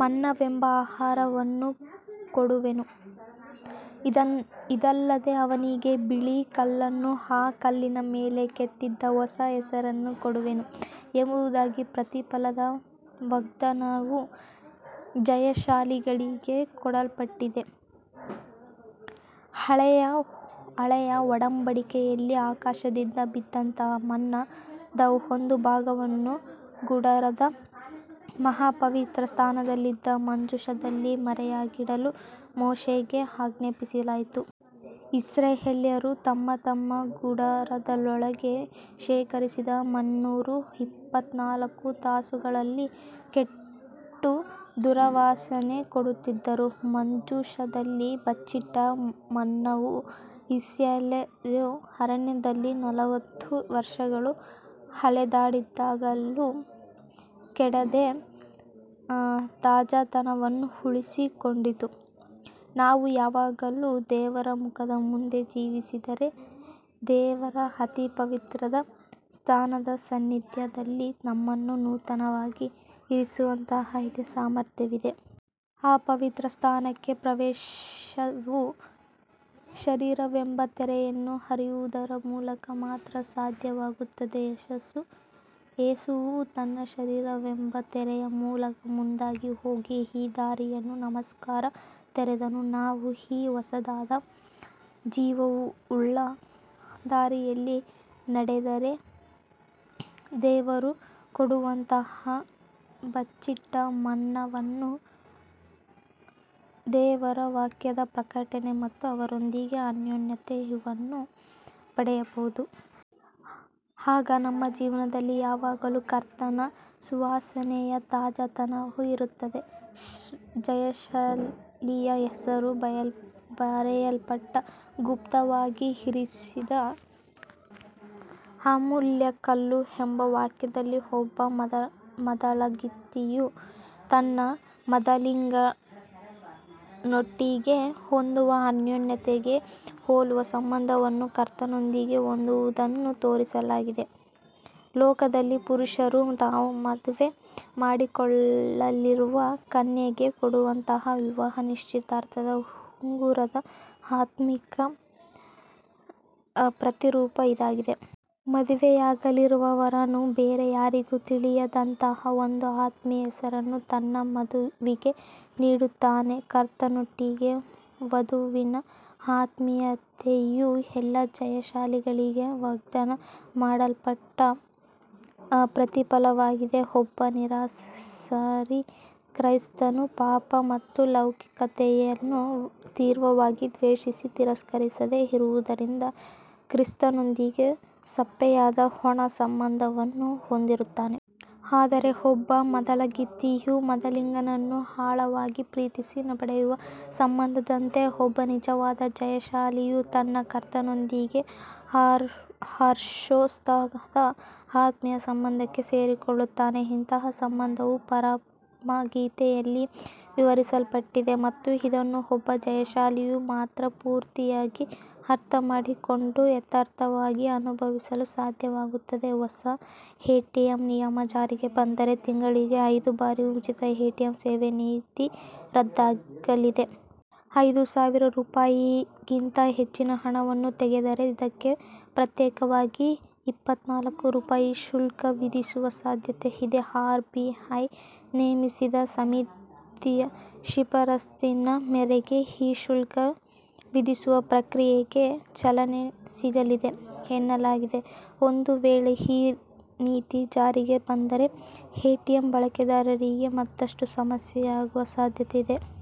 ಮನ್ನವೆಂಬ ಆಹಾರವನ್ನು ಕೊಡುವೆನು; ಇದಲ್ಲದೆ ಅವನಿಗೆ ಬಿಳೀ ಕಲ್ಲನ್ನೂ, ಆ ಕಲ್ಲಿನ ಮೇಲೆ ಕೆತ್ತಿದ ಹೊಸ ಹೆಸರನ್ನೂ ಕೊಡುವೆನು," ಎಂಬುದಾಗಿ ಪ್ರತಿಫಲದ ವಾಗ್ದಾನವು ಜಯಶಾಲಿಗಳಿಗೆ ಕೊಡಲ್ಪಟ್ಟಿದೆ. ಹಳೆಯ ಒಡಂಬಡಿಕೆಯಲ್ಲಿ, ಆಕಾಶದಿಂದ ಬಿದ್ದಂತ "ಮನ್ನ"ದ ಒಂದು ಭಾಗವನ್ನು ಗುಡಾರದ ಮಹಾಪವಿತ್ರ ಸ್ಥಾನದಲ್ಲಿದ್ದ ಮಂಜೂಷದಲ್ಲಿ ಮರೆಯಾಗಿಡಲು ಮೋಶೆಗೆ ಆಜ್ಞಾಪಿಸಲಾಗಿತ್ತು. ಇಸ್ರಾಯೇಲ್ಯರು ತಮ್ಮ ತಮ್ಮ ಗುಡಾರದೊಳಗೆ ಶೇಖರಿಸಿದ ಮನ್ನವು ಇಪ್ಪತ್ನಾಲ್ಕು ತಾಸುಗಳಲ್ಲಿ ಕೆಟ್ಟು ದುರ್ವಾಸನೆ ಕೊಡುತ್ತಿದ್ದರೂ, ಮಂಜೂಷದಲ್ಲಿ "ಬಚ್ಚಿಟ್ಟ ಮನ್ನವು," ಇಸ್ರಾಯೇಲ್ಯರು ಅರಣ್ಯದಲ್ಲಿ ನಲವತ್ತು ವರ್ಷಗಳು ಅಲೆದಾಡಿದಾಗಲೂ ಕೆಡದೆ ತಾಜಾತನವನ್ನು ಉಳಿಸಿಕೊಂಡಿತ್ತು. ನಾವು ಯಾವಾಗಲೂ ದೇವರ ಮುಖದ ಮುಂದೆ ಜೀವಿಸಿದರೆ, ದೇವರ ಅತಿಪವಿತ್ರ ಸ್ಥಾನದ ಸಾನ್ನಿಧ್ಯದಲ್ಲಿ ನಮ್ಮನ್ನು ನೂತನವಾಗಿ ಇರಿಸುವಂತ ಇದೇ ಸಾಮರ್ಥ್ಯವಿದೆ. ಅತಿಪವಿತ್ರ ಸ್ಥಾನಕ್ಕೆ ಪ್ರವೇಶವು ಶರೀರವೆಂಬ ತೆರೆಯನ್ನು ಹರಿಯುವುದರ ಮೂಲಕ ಮಾತ್ರ ಸಾಧ್ಯವಾಗುತ್ತದೆ. ಯೇಸುವು ತನ್ನ ಶರೀರವೆಂಬ ತೆರೆಯ ಮೂಲಕ ಮುಂದಾಗಿ ಹೋಗಿ, ಈ ದಾರಿಯನ್ನು ನಮಗೋಸ್ಕರ ತೆರೆದನು. ನಾವು ಈ ಹೊಸದಾದ, ಜೀವವುಳ್ಳ ದಾರಿಯಲ್ಲಿ ನಡೆದರೆ, ದೇವರು ಕೊಡುವಂಥ 'ಬಚ್ಚಿಟ್ಟ ಮನ್ನ'ವನ್ನು ದೇವರ ವಾಕ್ಯದ ಪ್ರಕಟನೆ ಮತ್ತು ಅವರೊಂದಿಗೆ ಅನ್ಯೋನ್ಯತೆ ಇವನ್ನು ಪಡೆಯಬಹುದು. ಆಗ ನಮ್ಮ ಜೀವನದಲ್ಲಿ ಯಾವಾಗಲೂ ಕರ್ತನ ಸುವಾಸನೆಯ ತಾಜಾತನವು ಇರುತ್ತದೆ. 'ಜಯಶಾಲಿಯ ಹೆಸರು ಬರೆಯಲ್ಪಟ್ಟ ಗುಪ್ತವಾಗಿ ಇರಿಸಿದ ಅಮೂಲ್ಯ ಕಲ್ಲು' ಎಂಬ ವಾಕ್ಯದಲ್ಲಿ, ಒಬ್ಬ ಮದಲಗಿತ್ತಿಯು ತನ್ನ ಮದಲಿಂಗನೊಟ್ಟಿಗೆ ಹೊಂದುವ ಅನ್ಯೋನ್ಯತೆಗೆ ಹೋಲುವ ಸಂಬಂಧವನ್ನು ಕರ್ತನೊಂದಿಗೆ ಹೊಂದುವದನ್ನು ತೋರಿಸಲಾಗಿದೆ. ಲೋಕದಲ್ಲಿ ಪುರುಷರು ತಾವು ಮದುವೆ ಮಾಡಿಕೊಳ್ಳಲಿರುವ ಕನ್ಯೆಗೆ ಕೊಡುವಂತ "ವಿವಾಹ ನಿಶ್ಚಿತಾರ್ಥದ ಉಂಗುರದ" ಆತ್ಮಿಕ ಪ್ರತಿರೂಪ ಇದಾಗಿದೆ. ಮದುವೆಯಾಗಲಿರುವ ವರನು, ಬೇರೆ ಯಾರಿಗೂ ತಿಳಿಯದಂತ ಒಂದು ಆತ್ಮೀಯ ಹೆಸರನ್ನು ತನ್ನ ವಧುವಿಗೆ ನೀಡುತ್ತಾನೆ. ಕರ್ತನೊಟ್ಟಿಗೆ 'ವಧುವಿನ ಆತ್ಮೀಯತೆಯು' ಎಲ್ಲಾ ಜಯಶಾಲಿಗಳಿಗೆ ವಾಗ್ದಾನ ಮಾಡಲ್ಪಟ್ಟ ಪ್ರತಿಫಲವಾಗಿದೆ. ಒಬ್ಬ 'ಸರಾಸರಿ ಕ್ರೈಸ್ತನು' ಪಾಪ ಮತ್ತು ಲೌಕಿಕತೆಯನ್ನು ತೀವ್ರವಾಗಿ ದ್ವೇಷಿಸಿ ತಿರಸ್ಕರಿಸದೆ ಇರುವುದರಿಂದ, ಕ್ರಿಸ್ತನೊಂದಿಗೆ ಸಪ್ಪೆಯಾದ, ಒಣ ಸಂಬಂಧವನ್ನು ಹೊಂದಿರುತ್ತಾನೆ. ಆದರೆ ಒಬ್ಬ ಮದಲಗಿತ್ತಿಯು ಮದಲಿಂಗನನ್ನು ಆಳವಾಗಿ ಪ್ರೀತಿಸಿ ಪಡೆಯುವ ಸಂಬಂಧದಂತೆ, ಒಬ್ಬ ನಿಜವಾದ ಜಯಶಾಲಿಯು ತನ್ನ ಕರ್ತನೊಂದಿಗೆ ಹರ್ಷೋತ್ಸಾಹದ ಆತ್ಮಿಕ ಸಂಬಂಧಕ್ಕೆ ಸೇರಿಕೊಳ್ಳುತ್ತಾನೆ. ಇಂತಹ ಸಂಬಂಧವು "ಪರಮಗೀತೆ"ಯಲ್ಲಿ ವಿವರಿಸಲ್ಪಟ್ಟಿದೆ ಮತ್ತು ಇದನ್ನು ಒಬ್ಬ ಜಯಶಾಲಿಯು ಮಾತ್ರ ಪೂರ್ತಿಯಾಗಿ ಅರ್ಥ ಮಾಡಿಕೊಂಡು, ಯಥಾರ್ಥವಾಗಿ ಅನುಭವಿಸಲು ಸಾಧ್ಯವಾಗುತ್ತದೆ. ಹೊಸ ಎಟಿಎಂ ನಿಯಮ ಜಾರಿಗೆ ಬಂದರೆ, ತಿಂಗಳಿಗೆ ಐದು ಬಾರಿ ಉಚಿತ ಎಟಿಎಂ ಸೇವೆ ನೀತಿ ರದ್ದಾಗಲಿದೆ. ಐದು ಸಾವಿರ ರೂಪಾಯಿಗಿಂತ ಹೆಚ್ಚಿನ ಹಣವನ್ನು ತೆಗೆದರೆ ಅದಕ್ಕೆ ಪ್ರತ್ಯೇಕವಾಗಿ ಇಪ್ಪತ್ನಾಲ್ಕು ರೂಪಾಯಿ ಶುಲ್ಕ ವಿಧಿಸುವ ಸಾಧ್ಯತೆ ಇದೆ. ಆರ್ ಬಿಐ ನೇಮಿಸಿದ್ದ ಸಮಿತಿಯ ಶಿಫಾರಸಿನ ಮೇರೆಗೆ ಈ ಶುಲ್ಕ ವಿಧಿಸುವ ಪ್ರಕ್ರಿಯೆಗೆ ಚಾಲನೆ ಸಿಗಲಿದೆ ಎನ್ನಲಾಗಿದೆ. ಒಂದು ವೇಳೆ ಈ ನೀತಿ ಜಾರಿಗೆ ಬಂದರೆ ಎಟಿಎಂ ಬಳಕೆದಾರರಿಗೆ ಮತ್ತಷ್ಟು ಸಮಸ್ಯೆಯಾಗುವ ಸಾಧ್ಯತೆ ಇದೆ.